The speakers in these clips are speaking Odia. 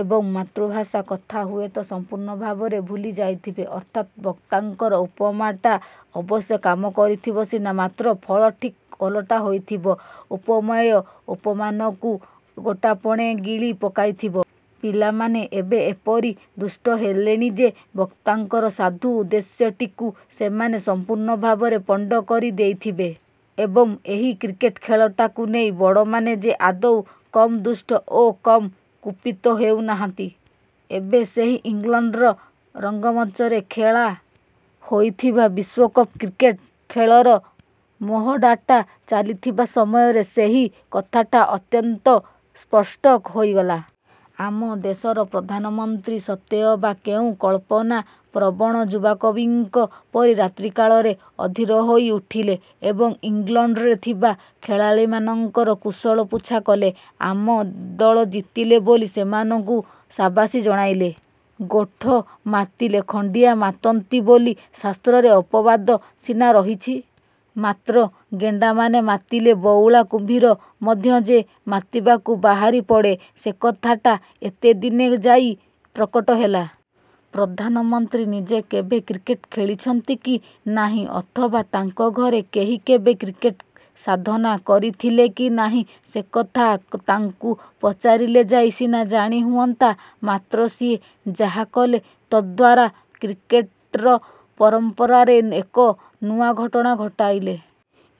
ଏବଂ ମାତୃଭାଷା କଥା ହୁଏତ ସମ୍ପୂର୍ଣ୍ଣ ଭାବରେ ଭୁଲି ଯାଇଥିବେ। ଅର୍ଥାତ୍ ବକ୍ତାଙ୍କର ଉପମାଟା ଅବଶ୍ୟ କାମ କରିଥିବ ସିନା ମାତ୍ର ଫଳ ଠିକ୍ ଓଲଟା ହୋଇଥିବ। ଉପମେୟ ଉପମାନକୁ ଗୋଟାପଣେ ଗିଳି ପକାଇଥିବ। ପିଲାମାନେ ଏବେ ଏପରି ଦୁଷ୍ଟ ହେଲେଣି ଯେ ବକ୍ତାଙ୍କର ସାଧୁ ଉଦ୍ଦେଶ୍ୟଟିକୁ ସେମାନେ ସମ୍ପୂର୍ଣ୍ଣ ଭାବରେ ପଣ୍ଡ କରି ଦେଇଥିବେ ଏବଂ ଏହି କ୍ରିକେଟ ଖେଳଟାକୁ ନେଇ ବଡ଼ମାନେ ଯେ ଆଦୌ କମ୍ ଦୁଷ୍ଟ ଓ କମ୍ କୁପିତ ହେଉନାହାନ୍ତି, ଏବେ ସେହି ଇଂଲଣ୍ଡର ରଙ୍ଗମଞ୍ଚରେ ଖେଳା ହୋଇଥିବା ବିଶ୍ୱକପ୍ କ୍ରିକେଟ୍ ଖେଳର ମହଡ଼ାଟା ଚାଲିଥିବା ସମୟରେ ସେହି କଥାଟା ଅତ୍ୟନ୍ତ ସ୍ପଷ୍ଟ ହୋଇଗଲା। ଆମ ଦେଶର ପ୍ରଧାନମନ୍ତ୍ରୀ ସତେ ଅବା କେଉଁ କଳ୍ପନା ପ୍ରବଣ ଯୁବାକବିଙ୍କ ପରି ରାତ୍ରିକାଳରେ ଅଧୀର ହୋଇ ଉଠିଲେ ଏବଂ ଇଂଲଣ୍ଡରେ ଥିବା ଖେଳାଳିମାନଙ୍କର କୁଶଳ ପୁଚ୍ଛା କଲେ। ଆମ ଦଳ ଜିତିଲେ ବୋଲି ସେମାନଙ୍କୁ ସାବାସୀ ଜଣାଇଲେ। ଗୋଠ ମାତିଲେ ଖଣ୍ଡିଆ ମାତନ୍ତି ବୋଲି ଶାସ୍ତ୍ରରେ ଅପବାଦ ସିନା ରହିଛି, ମାତ୍ର ଗେଣ୍ଡାମାନେ ମାତିଲେ ବଉଳା କୁମ୍ଭୀର ମଧ୍ୟ ଯେ ମାତିବାକୁ ବାହାରିପଡ଼େ ସେକଥାଟା ଏତେଦିନେ ଯାଇ ପ୍ରକଟ ହେଲା। ପ୍ରଧାନମନ୍ତ୍ରୀ ନିଜେ କେବେ କ୍ରିକେଟ ଖେଳିଛନ୍ତି କି ନାହିଁ ଅଥବା ତାଙ୍କ ଘରେ କେହି କେବେ କ୍ରିକେଟ ସାଧନା କରିଥିଲେ କି ନାହିଁ ସେକଥା ତାଙ୍କୁ ପଚାରିଲେ ଯାଇ ସିନା ଜାଣି ହୁଅନ୍ତା, ମାତ୍ର ସିଏ ଯାହା କଲେ ତଦ୍ଦ୍ୱାରା କ୍ରିକେଟର ପରମ୍ପରାରେ ଏକ ନୂଆ ଘଟଣା ଘଟାଇଲେ।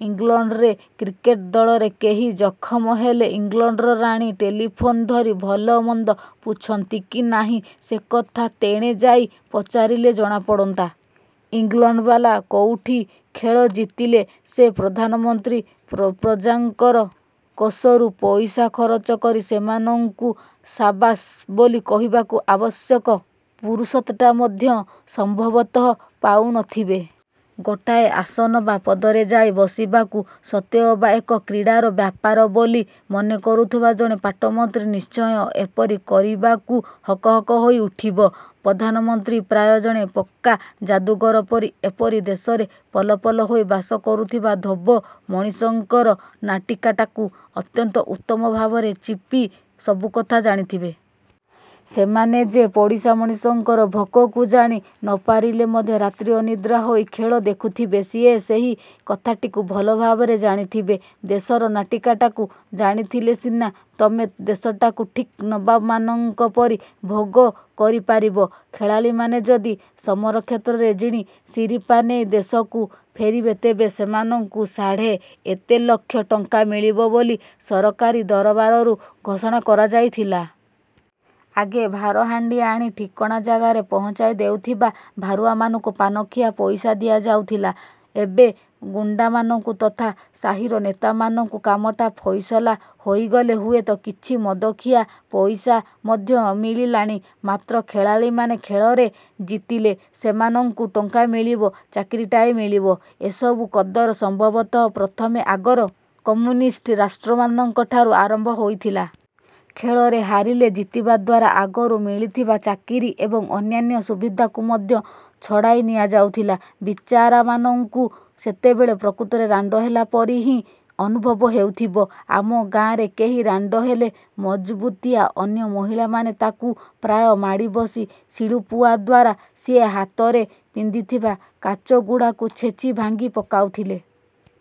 ଇଂଲଣ୍ଡରେ କ୍ରିକେଟ ଦଳରେ କେହି ଜଖମ ହେଲେ ଇଂଲଣ୍ଡର ରାଣୀ ଟେଲିଫୋନ୍ ଧରି ଭଲ ମନ୍ଦ ପୁଛନ୍ତି କି ନାହିଁ ସେକଥା ତେଣେ ଯାଇ ପଚାରିଲେ ଜଣାପଡ଼ନ୍ତା। ଇଂଲଣ୍ଡବାଲା କୋଉଠି ଖେଳ ଜିତିଲେ, ସେ ପ୍ରଧାନମନ୍ତ୍ରୀ ପ୍ରଜାଙ୍କର କୋଷରୁ ପଇସା ଖରଚ କରି ସେମାନଙ୍କୁ ସାବାସ୍ ବୋଲି କହିବାକୁ ଆବଶ୍ୟକ ଫୁରୁସତ୍ଟା ମଧ୍ୟ ସମ୍ଭବତଃ ପାଉନଥିବେ। ଗୋଟାଏ ଆସନ ବା ପଦରେ ଯାଇ ବସିବାକୁ ସତେଅବା ଏକ କ୍ରୀଡ଼ାର ବ୍ୟାପାର ବୋଲି ମନେକରୁଥିବା ଜଣେ ପାଟମନ୍ତ୍ରୀ ନିଶ୍ଚୟ ଏପରି କରିବାକୁ ହକ ହକ ହୋଇ ଉଠିବ। ପ୍ରଧାନମନ୍ତ୍ରୀ ପ୍ରାୟ ଜଣେ ପକ୍କା ଜାଦୁଗର ପରି ଏହି ଦେଶରେ ପଲ ପଲ ହୋଇ ବାସ କରୁଥିବା ଧୋବ ମଣିଷଙ୍କର ନାଟିକାଟାକୁ ଅତ୍ୟନ୍ତ ଉତ୍ତମ ଭାବରେ ଚିପି ସବୁକଥା ଜାଣିଥିବେ। ସେମାନେ ଯେ ପଡ଼ିଶା ମଣିଷଙ୍କର ଭୋକକୁ ଜାଣି ନପାରିଲେ ମଧ୍ୟ ରାତି ଅନିଦ୍ରା ହୋଇ ଖେଳ ଦେଖୁଥିବେ, ସିଏ ସେହି କଥାଟିକୁ ଭଲ ଭାବରେ ଜାଣିଥିବେ। ଦେଶର ନାଟିକା ଟାକୁ ଜାଣିଥିଲେ ସିନା ତୁମେ ଦେଶଟାକୁ ଠିକ୍ ନବାବମାନଙ୍କ ପରି ଭୋଗ କରିପାରିବ। ଖେଳାଳିମାନେ ଯଦି ସମରକ୍ଷେତ୍ରରେ ଜିଣି ଶିରିପା ନେଇ ଦେଶକୁ ଫେରିବେ ତେବେ ସେମାନଙ୍କୁ ସାଢ଼େ ଏତେ ଲକ୍ଷ ଟଙ୍କା ମିଳିବ ବୋଲି ସରକାରୀ ଦରବାରରୁ ଘୋଷଣା କରାଯାଇଥିଲା। ଆଗେ ଭାରହାଣ୍ଡି ଆଣି ଠିକଣା ଜାଗାରେ ପହଞ୍ଚାଇ ଦେଉଥିବା ଭାରୁଆମାନଙ୍କୁ ପାନଖିଆ ପଇସା ଦିଆଯାଉଥିଲା। ଏବେ ଗୁଣ୍ଡାମାନଙ୍କୁ ତଥା ସାହିର ନେତାମାନଙ୍କୁ କାମଟା ଫଇସଲା ହୋଇଗଲେ ହୁଏତ କିଛି ମଦଖିଆ ପଇସା ମଧ୍ୟ ମିଳିଲାଣି। ମାତ୍ର ଖେଳାଳିମାନେ ଖେଳରେ ଜିତିଲେ ସେମାନଙ୍କୁ ଟଙ୍କା ମିଳିବ, ଚାକିରିଟାଏ ମିଳିବ, ଏସବୁ କଦର ସମ୍ଭବତଃ ପ୍ରଥମେ ଆଗର କମ୍ୟୁନିଷ୍ଟ ରାଷ୍ଟ୍ରମାନଙ୍କ ଠାରୁ ଆରମ୍ଭ ହୋଇଥିଲା। ଖେଳରେ ହାରିଲେ ଜିତିବା ଦ୍ଵାରା ଆଗରୁ ମିଳିଥିବା ଚାକିରି ଏବଂ ଅନ୍ୟାନ୍ୟ ସୁବିଧାକୁ ମଧ୍ୟ ଛଡ଼ାଇ ନିଆଯାଉଥିଲା। ବିଚାରାମାନଙ୍କୁ ସେତେବେଳେ ପ୍ରକୃତରେ ରାଣ୍ଡ ହେଲା ପରି ହିଁ ଅନୁଭବ ହେଉଥିବ। ଆମ ଗାଆଁରେ କେହି ରାଣ୍ଡ ହେଲେ ମଜବୁତିଆ ଅନ୍ୟ ମହିଳାମାନେ ତାକୁ ପ୍ରାୟ ମାଡ଼ିବସି ଶିଳୁପୁଆ ଦ୍ଵାରା ସିଏ ହାତରେ ପିନ୍ଧିଥିବା କାଚଗୁଡ଼ାକୁ ଛେଚି, ଭାଙ୍ଗି ପକାଉଥିଲେ।